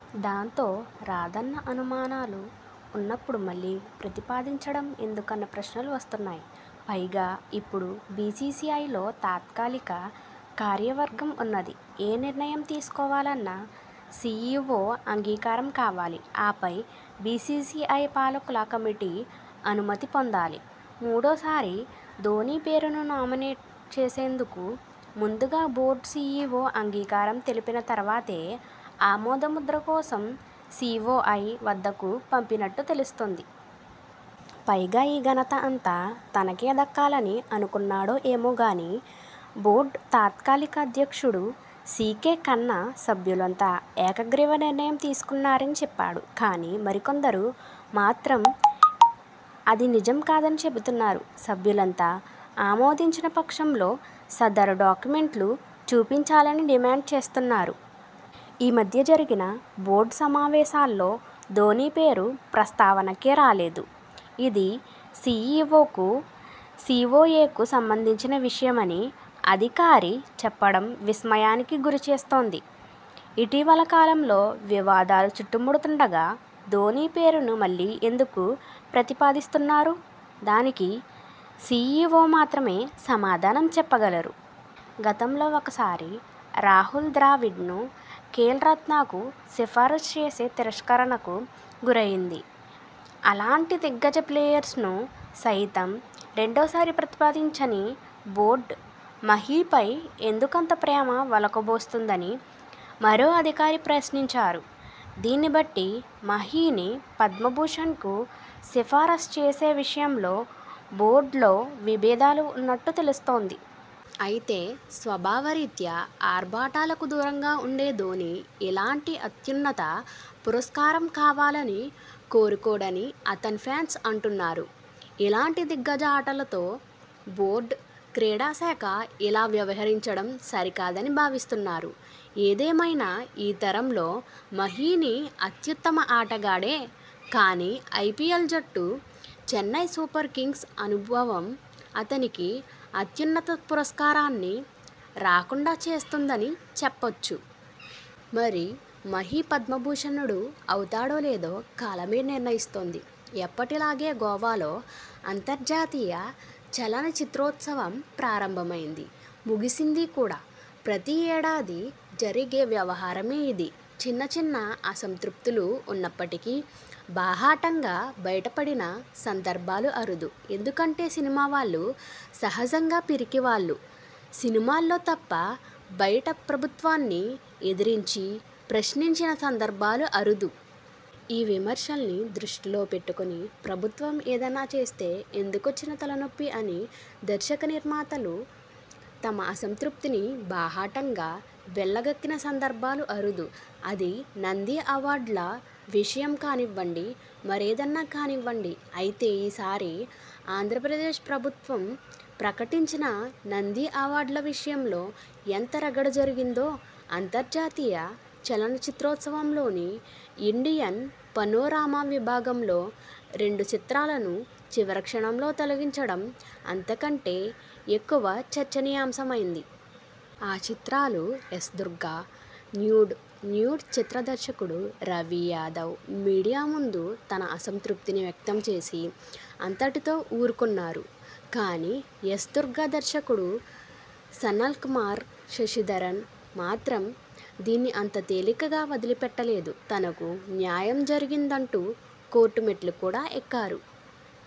దాంతో, రాదన్న అనుమానాలు ఉన్నపుడు మళ్లీ ప్రతిపాదించడం ఎందుకన్న ప్రశ్నలు వస్తున్నాయి. పైగా, ఇప్పుడు బీసీసీఐలో తాత్కాలిక కార్యవర్గం ఉన్నది. ఏ నిర్ణయం తీసుకోవాలన్నా సీఈవో అంగీకారం కావాలి ఆపై బీసీసీఐ పాలకుల కమిటీ అనుమతి పొందాలి. మూడోసారి ధోనీ పేరును నామినేట్ చేసేందుకు ముందుగా బోర్డు సీఈవో అంగీకారం తెలిపిన తర్వాతే ఆమోద ముద్ర కోసం సీవోఏ వద్దకు పంపినట్టు తెలుస్తోంది. పైగా, ఈ ఘనత అంతా తనకే దక్కాలని అనుకున్నాడో ఏమో గానీ బోర్డు తాత్కాలిక అధ్యక్షుడు సీకే ఖన్నా సభ్యులంతా ఏకగ్రీవ నిర్ణయం తీసుకున్నారని చెప్పాడు. కానీ, మరికొందరు మాత్రం అది నిజం కాదని చెబుతున్నారు. సభ్యులంతా ఆమోదించిన పక్షంలో సదరు డాక్యుమెంట్ను చూపించాలని డిమాండ్ చేస్తున్నారు. 'ఈ మధ్య జరిగిన బోర్డు సమావేశాల్లో ధోనీ పేరు ప్రస్తావనకే రాలేదు. ఇది సీఈవోకు సీవోఏకు సంబంధించిన విషయమ'ని ఓ అధికారి చెప్పడం విస్మయానికి గురిచేస్తోంది. 'ఇటీవల కాలంలో వివాదాలు చుట్టుముడుతుండగా ధోనీ పేరును మళ్లీ ఎందుకు ప్రతిపాదిస్తున్నారు? దానికి సీఈవో మాత్రమే సమాధానం చెప్పగలరు. గతంలో ఒకసారి రాహుల్ ద్రావిడ్ను ఖేల్రత్నకు సిఫారసు చేస్తే తిరస్కరణకు గురైంది. అలాంటి దిగ్గజ ప్లేయర్ను సైతం రెండోసారి ప్రతిపాదించని బోర్డు మహీపై ఎందుకంత ప్రేమ ఒలకబోస్తోంద'ని మరో అధికారి ప్రశ్నించారు. దీన్ని బట్టి మహీని పద్మభూషణ్కు సిఫారసు చేసే విషయంలో బోర్డులో విభేదాలు ఉన్నట్టు తెలుస్తోంది. అయితే, స్వభావరీత్యా ఆర్భాటాలకు దూరంగా ఉండే ధోనీ ఇలాంటి అత్యున్నత పురస్కారం కావాలని కోరుకోడని అతని ఫ్యాన్స్ అంటున్నారు. అలాంటి దిగ్గజ ఆటగాడితో బోర్డు, క్రీడాశాఖ ఇలా వ్యవహరించడం సరికాదని భావిస్తున్నారు. ఏదేమైనా ఈతరంలో మహీని అత్యుత్తమ ఆటగాడే.! కానీ, ఐపీఎల్ జట్టు చెన్నై సూపర్ కింగ్స్తో అనుబంధం అతనికి అత్యున్నత పురస్కారాన్ని రాకుండా చేస్తోందని చెప్పొచ్చు. మరి, మహీ పద్మభూషణుడు అవుతాడో లేదో కాలమే నిర్ణయిస్తుంది.! ఎప్పటిలాగే గోవాలో అంతర్జాతీయ చలనచిత్రోత్సవం ప్రారంభమైంది. ముగిసింది కూడా. ప్రతి ఏడాదీ జరిగే వ్యవహారమే ఇది. చిన్న చిన్న అసంతృప్తులు ఉన్నప్పటికీ బాహాటంగా బయటపడిన సందర్భాలు అరుదు. ఎందుకంటే సినిమావాళ్లు సహజంగా పిరికివాళ్లు. సినిమాల్లో తప్ప బయట ప్రభుత్వాన్ని ఎదిరించి ప్రశ్నించిన సందర్భాలు అరుదు. ఈ విమర్శల్ని దృష్టిలో పెట్టుకొని ప్రభుత్వం ఏదన్నా చేస్తే ఎందుకొచ్చిన తలనొప్పి అని దర్శకనిర్మాతలు తమ అసంతృప్తిని బాహాటంగా వెళ్లగక్కిన సందర్భాలు అరుదు. అది నంది అవార్డుల విషయం కానివ్వండి, మరేదన్నా కానివ్వండి. అయితే ఈసారి ఆంధ్రప్రదేశ్ ప్రభుత్వం ప్రకటించిన నంది అవార్డుల విషయంలో ఎంత రగడ జరిగిందో, అంతర్జాతీయ చలనచిత్రోత్సవంలోని ఇండియన్ పనోరమా విభాగంలో రెండు చిత్రాలను చివరి క్షణంలో తొలగించడం అంతకంటే ఎక్కువ చర్చనీయాంశమైంది. ఆ చిత్రాలు 'ఎస్. దుర్గ', 'న్యూడ్'. 'న్యూడ్' చిత్ర దర్శకుడు రవి యాదవ్ మీడియా ముందు తన అసంతృప్తిని వ్యక్తం చేసి అంతటితో ఊరుకొన్నారు కానీ 'ఎస్. దుర్గ' దర్శకుడు సనల్కుమార్ శశిధరన్ మాత్రం దీన్ని అంత తేలికగా వదిలిపెట్టలేదు. తనకు అన్యాయం జరిగిందంటూ కోర్టు మెట్లు కూడా ఎక్కారు.